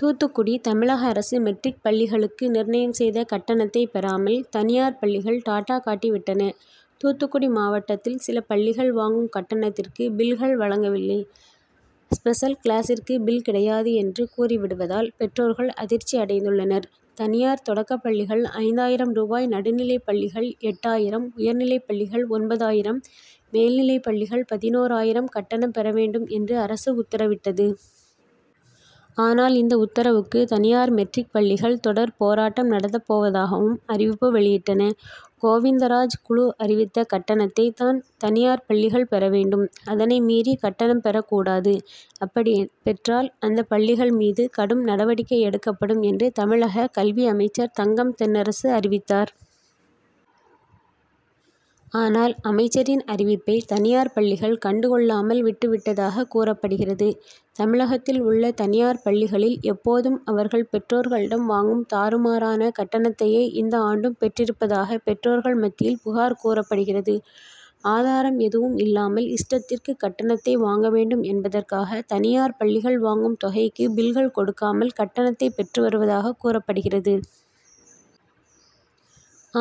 தூத்துக்குடி தமிழக அரசு மெட்ரிக் பள்ளிகளுக்கு நிர்ணயம் செய்த கட்டணத்தை பெறாமல் தனியார் பள்ளிகள் டாட்டா காட்டி விட்டன. தூத்துக்குடி மாவட்டத்தில் சில பள்ளிகள் வாங்கும் கட்டணத்திற்கு பில்கள் வழங்கவில்லை. ஸ்பெஷல் கிளாசிற்கு பில் கிடையாது என்று கூறிவிடுவதால் பெற்றோர்கள் அதிர்ச்சியடைந்துள்ளனர். தனியார் தொடக்க பள்ளிகள் ஐந்தாயிரம் ரூபாய் நடுநிலைப்பள்ளிகள் எட்டாயிரம் உயர்நிலைப்பள்ளிகள் ஒன்பதாயிரம் மேல்நிலைப்பள்ளிகள் பதினோராயிரம் கட்டணம் பெற வேண்டும் என்று அரசு உத்தரவிட்டது. ஆனால் இந்த உத்தரவுக்கு தனியார் மெட்ரிக் பள்ளிகள் தொடர் போராட்டம் நடத்தப் போவதாகவும் அறிவிப்பு வெளியிட்டன. கோவிந்தராஜ் குழு அறிவித்த கட்டணத்தை தான் தனியார் பள்ளிகள் பெற வேண்டும். அதனை மீறி கட்டணம் பெறக் கூடாது. அப்படி பெற்றால் அந்த பள்ளிகள் மீது கடும் நடவடிக்கை எடுக்கப்படும் என்று தமிழக கல்வி அமைச்சர் தங்கம் தென்னரசு அறிவித்தார். ஆனால் அமைச்சரின் அறிவிப்பை தனியார் பள்ளிகள் கண்டு கொள்ளாமல் விட்டு விட்டதாக கூறப்படுகிறது. தமிழகத்தில் உள்ள தனியார் பள்ளிகளில் எப்போதும் அவர்கள் பெற்றோர்களிடம் வாங்கும் தாறுமாறான கட்டணத்தையே இந்த ஆண்டும் பெற்றிருப்பதாக பெற்றோர்கள் மத்தியில் புகார் கூறப்படுகிறது. ஆதாரம் எதுவும் இல்லாமல் இஷ்டத்திற்கு கட்டணத்தை வாங்க வேண்டும் என்பதற்காக தனியார் பள்ளிகள் வாங்கும் தொகைக்கு பில்கள் கொடுக்காமல் கட்டணத்தை பெற்று வருவதாக கூறப்படுகிறது.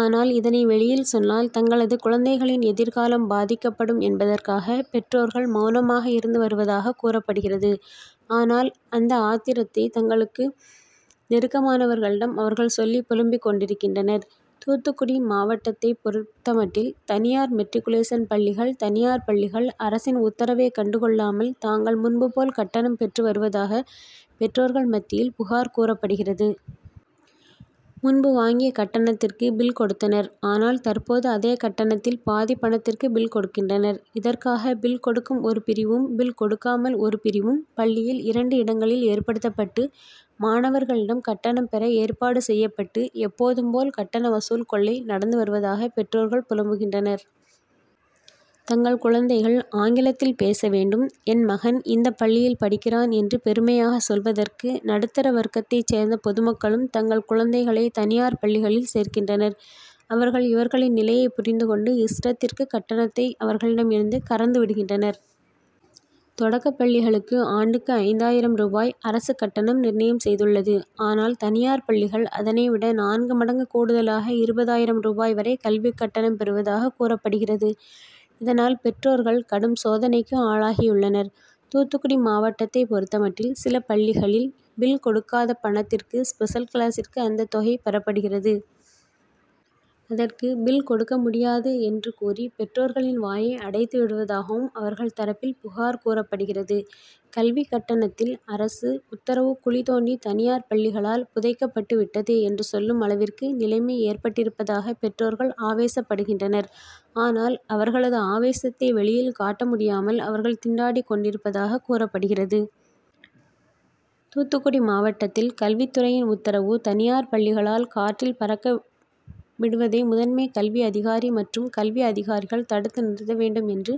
ஆனால் இதனை வெளியில் சொன்னால் தங்களது குழந்தைகளின் எதிர்காலம் பாதிக்கப்படும் என்பதற்காக பெற்றோர்கள் மௌனமாக இருந்து வருவதாக கூறப்படுகிறது. ஆனால் அந்த ஆத்திரத்தை தங்களுக்கு நெருக்கமானவர்களிடம் அவர்கள் சொல்லி புலம்பிக் கொண்டிருக்கின்றனர். தூத்துக்குடி மாவட்டத்தை பொறுத்தமட்டில் தனியார் மெட்ரிக்குலேஷன் பள்ளிகள் தனியார் பள்ளிகள் அரசின் உத்தரவை கண்டு கொள்ளாமல் தாங்கள் முன்பு போல் கட்டணம் பெற்றுவருவதாக பெற்றோர்கள் மத்தியில் புகார் கூறப்படுகிறது. முன்பு வாங்கிய கட்டணத்திற்கு பில் கொடுத்தனர். ஆனால் தற்போது அதே கட்டணத்தில் பாதி பணத்திற்கு பில் கொடுக்கின்றனர். இதற்காக பில் கொடுக்கும் ஒரு பிரிவும் பில் கொடுக்காமல் ஒரு பிரிவும் பள்ளியில் இரண்டு இடங்களில் ஏற்படுத்தப்பட்டு மாணவர்களிடம் கட்டணம் பெற ஏற்பாடு செய்யப்பட்டு எப்போதும் போல் கட்டண வசூல் கொள்ளை நடந்து வருவதாக பெற்றோர்கள் புலம்புகின்றனர். தங்கள் குழந்தைகள் ஆங்கிலத்தில் பேச வேண்டும். என் மகன் இந்த பள்ளியில் படிக்கிறான் என்று பெருமையாக சொல்வதற்கு நடுத்தர வர்க்கத்தை சேர்ந்த பொதுமக்களும் தங்கள் குழந்தைகளை தனியார் பள்ளிகளில் சேர்க்கின்றனர். அவர்கள் இவர்களின் நிலையை புரிந்து கொண்டு இஷ்டத்திற்கு கட்டணத்தை அவர்களிடம் இருந்து கறந்து விடுகின்றனர். தொடக்கப் பள்ளிகளுக்கு ஆண்டுக்கு ஐந்தாயிரம் ரூபாய் அரசு கட்டணம் நிர்ணயம் செய்துள்ளது. ஆனால் தனியார் பள்ளிகள் அதனை விட நான்கு மடங்கு கூடுதலாக இருபதாயிரம் ரூபாய் வரை கல்வி கட்டணம் பெறுவதாக கூறப்படுகிறது. இதனால் பெற்றோர்கள் கடும் சோதனைக்கு ஆளாகியுள்ளனர். தூத்துக்குடி மாவட்டத்தை பொறுத்தமட்டில் சில பள்ளிகளில் பில் கொடுக்காத பணத்திற்கு ஸ்பெஷல் கிளாசிற்கு அந்த தொகை பெறப்படுகிறது. அதற்கு பில் கொடுக்க முடியாது என்று கூறி பெற்றோர்களின் வாயை அடைத்து விடுவதாகவும் அவர்கள் தரப்பில் புகார் கூறப்படுகிறது. கல்வி கட்டணத்தில் அரசு உத்தரவு குழி தோண்டி தனியார் பள்ளிகளால் புதைக்கப்பட்டு விட்டது என்று சொல்லும் அளவிற்கு நிலமை ஏற்பட்டிருப்பதாக பெற்றோர்கள் ஆவேசப்படுகின்றனர். ஆனால் அவர்களது ஆவேசத்தை வெளியில் காட்ட முடியாமல் அவர்கள் திண்டாடிக் கொண்டிருப்பதாக கூறப்படுகிறது. தூத்துக்குடி மாவட்டத்தில் கல்வித்துறையின் உத்தரவு தனியார் பள்ளிகளால் காற்றில் பறக்க விடுவதை முதன்மை கல்வி அதிகாரி மற்றும் கல்வி அதிகாரிகள் தடுத்து நிறுத்த வேண்டும் என்று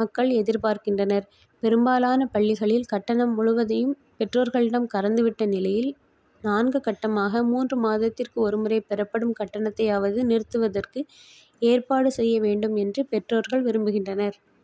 மக்கள் எதிர்பார்கின்றனர். பெரும்பாலான பள்ளிகளில் கட்டணம் முழுவதையும் பெற்றோர்களிடம் கறந்து விட்ட நிலையில் நான்கு கட்டமாக மூன்று மாதத்திற்கு ஒரு முறை பெறப்படும் கட்டணத்தையாவது நிறுத்துவதற்கு ஏற்பாடு செய்ய வேண்டும் என்று பெற்றோர்கள் விரும்புகின்றனர்.